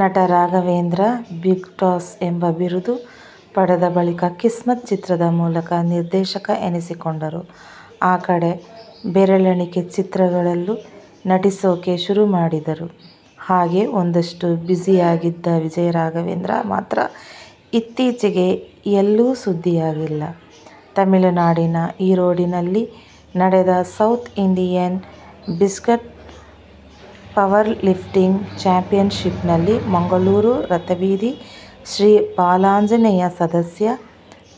ನಟ ವಿಜಯರಾಘವೇಂದ್ರ "ಬಿಗ್ಬಾಸ್' ಎಂಬ ಬಿರುದು ಪಡೆದ ಬಳಿಕ "ಕಿಸ್ಮತ್' ಚಿತ್ರದ ಮೂಲಕ ನಿರ್ದೇಶಕ ಎನಿಸಿಕೊಂಡರು. ಆ ಕಡೆ ಬೆರಳೆಣಿಕೆ ಚಿತ್ರಗಳಲ್ಲೂ ನಟಿಸೋಕೆ ಶುರುಮಾಡಿದರು. ಹಾಗೇ ಒಂದಷ್ಟು ಬಿಜಿಯಾಗಿದ್ದ ವಿಜಯರಾಘವೇಂದ್ರ ಮಾತ್ರ ಇತ್ತೀಚೆಗೆ ಎಲ್ಲೂ ಸುದ್ದಿಯಾಗಿಲ್ಲ. ತಮಿಳುನಾಡಿನ ಈರೋಡಿನಲ್ಲಿ ನಡೆದ ಸೌತ್ ಇಂಡಿಯನ್ ಬೆಂಚ್ಪ್ರಸ್ ಪವರ್ಲಿಫ್ಟಿಂಗ್ ಚಾಂಪಿಯನ್ಶಿಪ್ನಲ್ಲಿ ಮಂಗಳೂರು ರಥಬೀದಿ ಶ್ರೀ ಬಾಲಾಂಜನೇಯ ಸದಸ್ಯ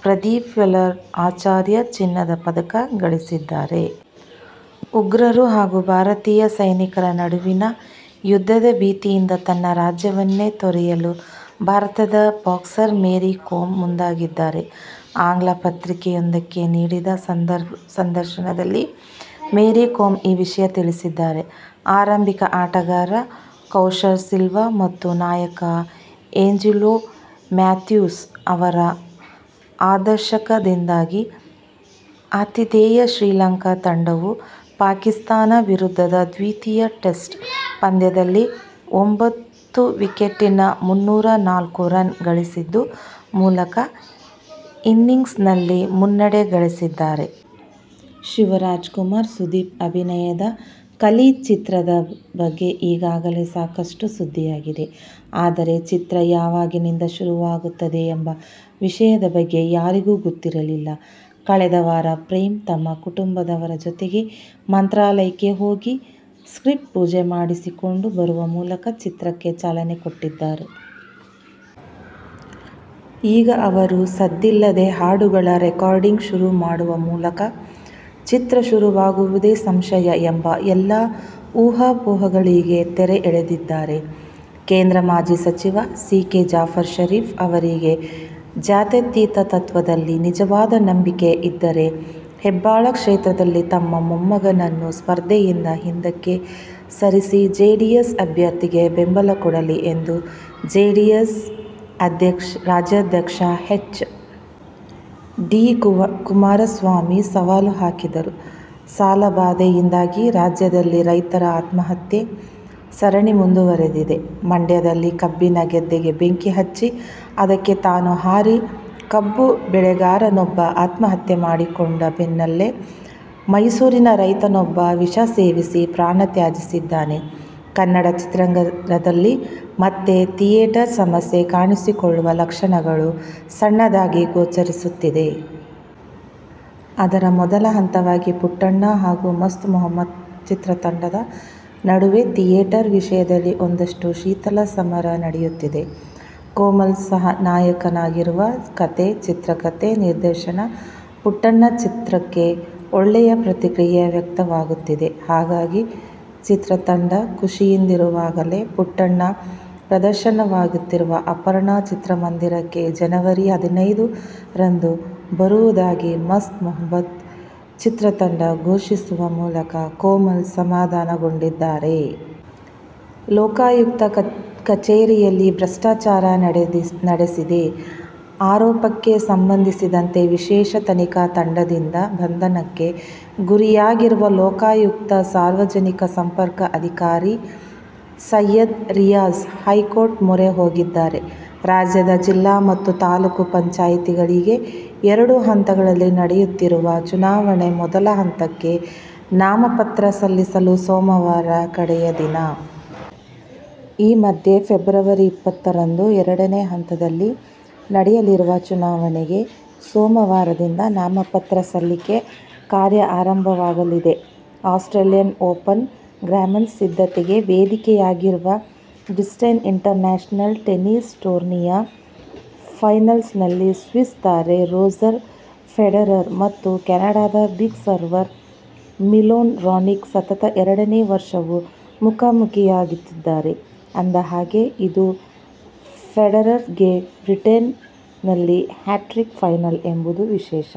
ಪ್ರದೀಪ್ಕುಮಾರ್ ಆಚಾರ್ಯ ಚಿನ್ನದ ಪದಕ ಗಳಿಸಿದ್ದಾರೆ. ಉಗ್ರರು ಹಾಗೂ ಭಾರತೀಯ ಸೈನಿಕರ ನಡುವಿನ ಯುದ್ಧದ ಭೀತಿಯಿಂದ ತನ್ನ ರಾಜ್ಯವನ್ನೇ ತೊರೆಯಲು ಭಾರತದ ಬಾಕ್ಸರ್ ಮೇರಿ ಕೋಮ್ ಮುಂದಾಗಿದ್ದಾರೆ. ಆಂಗ್ಲ ಪತ್ರಿಕೆಯೊಂದಕ್ಕೆ ನೀಡಿದ ಸಂದರ್ಶನದಲ್ಲಿ ಮೇರಿ ಕೋಮ್ ಈ ವಿಷಯ ತಿಳಿಸಿದ್ದಾರೆ. ಆರಂಭಿಕ ಆಟಗಾರ ಕೌಶಲ್ ಸಿಲ್ವ ಮತ್ತು ನಾಯಕ ಏಂಜೆಲೊ ಮ್ಯಾಥ್ಯೂಸ್ ಅವರ ಅರ್ಧಶತಕದಿಂದಾಗಿ ಆತಿಥೇಯ ಶ್ರೀಲಂಕಾ ತಂಡವು ಪಾಕಿಸ್ಥಾನ ವಿರುದ್ಧದ ದ್ವಿತೀಯ ಟೆಸ್ಟ್ ಪಂದ್ಯದಲ್ಲಿ ಒಂಬತ್ತು ವಿಕೆಟಿಗೆ ಮುನ್ನೂರ ನಾಲ್ಕು ರನ್ ಗಳಿಸಿದ್ದು ಮೊದಲ ಇನ್ನಿಂಗ್ಸ್ ನಲ್ಲಿ ಮುನ್ನಡೆ ಗಳಿಸಿದೆ. ಶಿವರಾಜಕುಮಾರ್-ಸುದೀಪ್ ಅಭಿನಯದ "ಕಲಿ' ಚಿತ್ರದ ಬಗ್ಗೆ ಈಗಾಗಲೇ ಸಾಕಷ್ಟು ಸುದ್ದಿಯಾಗಿದೆ. ಆದರೆ, ಚಿತ್ರ ಯಾವಾಗಿನಿಂದ ಶುರುವಾಗುತ್ತದೆ ಎಂಬ ವಿಷಯದ ಬಗ್ಗೆ ಯಾರಿಗೂ ಗೊತ್ತಿರಲಿಲ್ಲ. ಕಳೆದ ವಾರ ಪ್ರೇಮ್ ತಮ್ಮ ಕುಟುಂಬದವರ ಜೊತೆಗೆ ಮಂತ್ರಾಲಯಕ್ಕೆ ಹೋಗಿ ಸ್ಕ್ರಿಪ್ಟ್ ಪೂಜೆ ಮಾಡಿಸಿಕೊಂಡು ಬರುವ ಮೂಲಕ ಚಿತ್ರಕ್ಕೆ ಚಾಲನೆ ಕೊಟ್ಟಿದ್ದರು. ಈಗ ಅವರು ಸದ್ದಿಲ್ಲದೆ ಹಾಡುಗಳ ರೆಕಾರ್ಡಿಂಗ್ ಶುರು ಮಾಡುವ ಮೂಲಕ, ಚಿತ್ರ ಶುರುವಾಗುವುದೇ ಸಂಶಯ ಎಂಬ ಎಲ್ಲಾ ಊಹಾಪೋಹಗಳಿಗೆ ತೆರೆ ಎಳೆದಿದ್ದಾರೆ. ಕೇಂದ್ರ ಮಾಜಿ ಸಚಿವ ಸಿ. ಕೆ. ಜಾಫರ್ ಷರೀಫ್ ಅವರಿಗೆ ಜಾತ್ಯತೀತ ತತ್ವದಲ್ಲಿ ನಿಜವಾದ ನಂಬಿಕೆ ಇದ್ದರೆ ಹೆಬ್ಟಾಳ ಕ್ಷೇತ್ರದಲ್ಲಿ ತಮ್ಮ ಮೊಮ್ಮಗನನ್ನು ಸ್ಪರ್ಧೆಯಿಂದ ಹಿಂದಕ್ಕೆ ಸರಿಸಿ ಜೆಡಿಎಸ್ ಅಭ್ಯರ್ಥಿಗೆ ಬೆಂಬಲಕೊಡಲಿ ಎಂದು ಜೆಡಿಎಸ್ ರಾಜ್ಯಾಧ್ಯಕ್ಷ ಎಚ್. ಡಿ. ಕುಮಾರಸ್ವಾಮಿ ಸವಾಲು ಹಾಕಿದರು. ಸಾಲಬಾಧೆಯಿಂದಾಗಿ ರಾಜ್ಯದಲ್ಲಿ ರೈತರ ಆತ್ಮಹತ್ಯೆ ಸರಣಿ ಮುಂದುವರೆದಿದೆ. ಮಂಡ್ಯದಲ್ಲಿ ಕಬ್ಬಿನ ಗದ್ದೆಗೆ ಬೆಂಕಿ ಹಚ್ಚಿ, ಅದಕ್ಕೆ ತಾನು ಹಾರಿ ಕಬ್ಬು ಬೆಳೆಗಾರನೊಬ್ಬ ಆತ್ಮಹತ್ಯೆ ಮಾಡಿಕೊಂಡ ಬೆನ್ನಲ್ಲೇ ಮೈಸೂರಿನ ರೈತನೊಬ್ಬ ವಿಷ ಸೇವಿಸಿ ಪ್ರಾಣ ತ್ಯಜಿಸಿದ್ದಾನೆ. ಕನ್ನಡ ಚಿತ್ರರಂಗದಲ್ಲಿ ಮತ್ತೆ ಥಿಯೇಟರ್ ಸಮಸ್ಯೆ ಕಾಣಿಸಿಕೊಳ್ಳುವ ಲಕ್ಷಣಗಳು ಸಣ್ಣದಾಗಿ ಗೋಚರಿಸುತ್ತಿದೆ. ಅದರ ಮೊದಲ ಹಂತವಾಗಿ "ಪುಟ್ಟಣ್ಣ' ಹಾಗೂ "ಮಸ್ತ್ ಮೊಹಬ್ಬತ್' ಚಿತ್ರತಂಡದ ನಡುವೆ ಥಿಯೇಟರ್ ವಿಷಯದಲ್ಲಿ ಒಂದಷ್ಟು ಶೀತಲ ಸಮರ ನಡೆಯುತ್ತಿದೆ. ಕೋಮಲ್ ನಾಯಕರಾಗಿರುವ "ಕಥೆ-ಚಿತ್ರಕಥೆ-ನಿರ್ದೇಶನ ''ಪುಟ್ಟಣ್ಣ' ಚಿತ್ರಕ್ಕೆ ಒಳ್ಳೆಯ ಪ್ರತಿಕ್ರಿಯೆ ವ್ಯಕ್ತವಾಗುತ್ತಿದೆ. ಹಾಗಾಗಿ, ಚಿತ್ರತಂಡ ಖುಷಿಯಿಂದಿರುವಾಗಲೇ "ಪುಟ್ಟಣ್ಣ' ಪ್ರದರ್ಶನವಾಗುತ್ತಿರುವ ಅಪರ್ಣಾ ಚಿತ್ರಮಂದಿರಕ್ಕೆ ಜನವರಿ ಹದಿನೈದ ರಂದು ಬರುವುದಾಗಿ "ಮಸ್ತ್ ಮೊಹಬ್ಬತ್' ಚಿತ್ರತಂಡ ಘೋಷಿಸುವ ಮೂಲಕ ಕೋಮಲ್ ಸಮಾಧಾನಗೊಂಡಿದ್ದಾರೆ. ಲೋಕಾಯುಕ್ತ ಕಚೇರಿಯಲ್ಲಿ ಭ್ರಷ್ಟಾಚಾರ ನಡೆಸಿದ ಆರೋಪಕ್ಕೆ ಸಂಬಂಧಿಸಿದಂತೆ ವಿಶೇಷ ತನಿಖಾ ತಂಡದಿಂದ ಬಂಧನಕ್ಕೆ ಗುರಿಯಾಗಿರುವ ಲೋಕಾಯುಕ್ತ ಸಾರ್ವಜನಿಕ ಸಂಪರ್ಕ ಅಧಿಕಾರಿ ಸಯ್ಯದ್ ರಿಯಾಜ್ ಹೈಕೋರ್ಟ್ ಮೊರೆ ಹೋಗಿದ್ದಾರೆ. ರಾಜ್ಯದ ಜಿಲ್ಲಾ ಮತ್ತು ತಾಲೂಕು ಪಂಚಾಯ್ತಿಗಳಿಗೆ ಎರಡು ಹಂತಗಳಲ್ಲಿ ನಡೆಯುತ್ತಿರುವ ಚುನಾವಣೆಯ ಮೊದಲ ಹಂತಕ್ಕೆ ನಾಮಪತ್ರ ಸಲ್ಲಿಸಲು ಸೋಮವಾರ ಕಡೆಯ ದಿನ. ಈ ಮಧ್ಯೆ ಫೆಬ್ರವರಿ ಇಪ್ಪತ್ತರಂದು ಎರಡನೇ ಹಂತದಲ್ಲಿ ನಡೆಯಲಿರುವ ಚುನಾವಣೆಗೆ ಸೋಮವಾರದಿಂದ ನಾಮಪತ್ರ ಸಲ್ಲಿಕೆ ಕಾರ್ಯ ಆರಂಭವಾಗಲಿದೆ. ಆಸ್ಟ್ರೇಲಿಯನ್ ಓಪನ್ ಗ್ರಾನ್ಸ್ಲಾಮ್ ಸಿದ್ಧತೆಗೆ ವೇದಿಕೆಯಾಗಿರುವ "ಬ್ರಿಸ್ಬೇನ್ ಇಂಟರ್ನ್ಯಾಶನಲ್ ಟೆನ್ನಿಸ್ ಟೂರ್ನಿ'ಯ ಫೈನಲ್ನಲ್ಲಿ ಸ್ವಿಸ್ ತಾರೆ ರೋಜರ್ ಫೆಡರರ್ ಮತ್ತು ಕೆನಡಾದ "ಬಿಗ್ ಸರ್ವರ್' ಮಿಲೋಸ್ ರಾನಿಕ್ ಸತತ ಎರಡನೇ ವರ್ಷವೂ ಮುಖಾಮುಖೀಯಾಗುತ್ತಿದ್ದಾರೆ. ಅಂದಹಾಗೆ ಇದು ಫೆಡರರ್ಗೆ ಬ್ರಿಸ್ಬೇನ್ನಲ್ಲಿ ಹ್ಯಾಟ್ರಿಕ್ ಫೈನಲ್ ಎಂಬುದು ವಿಶೇಷ.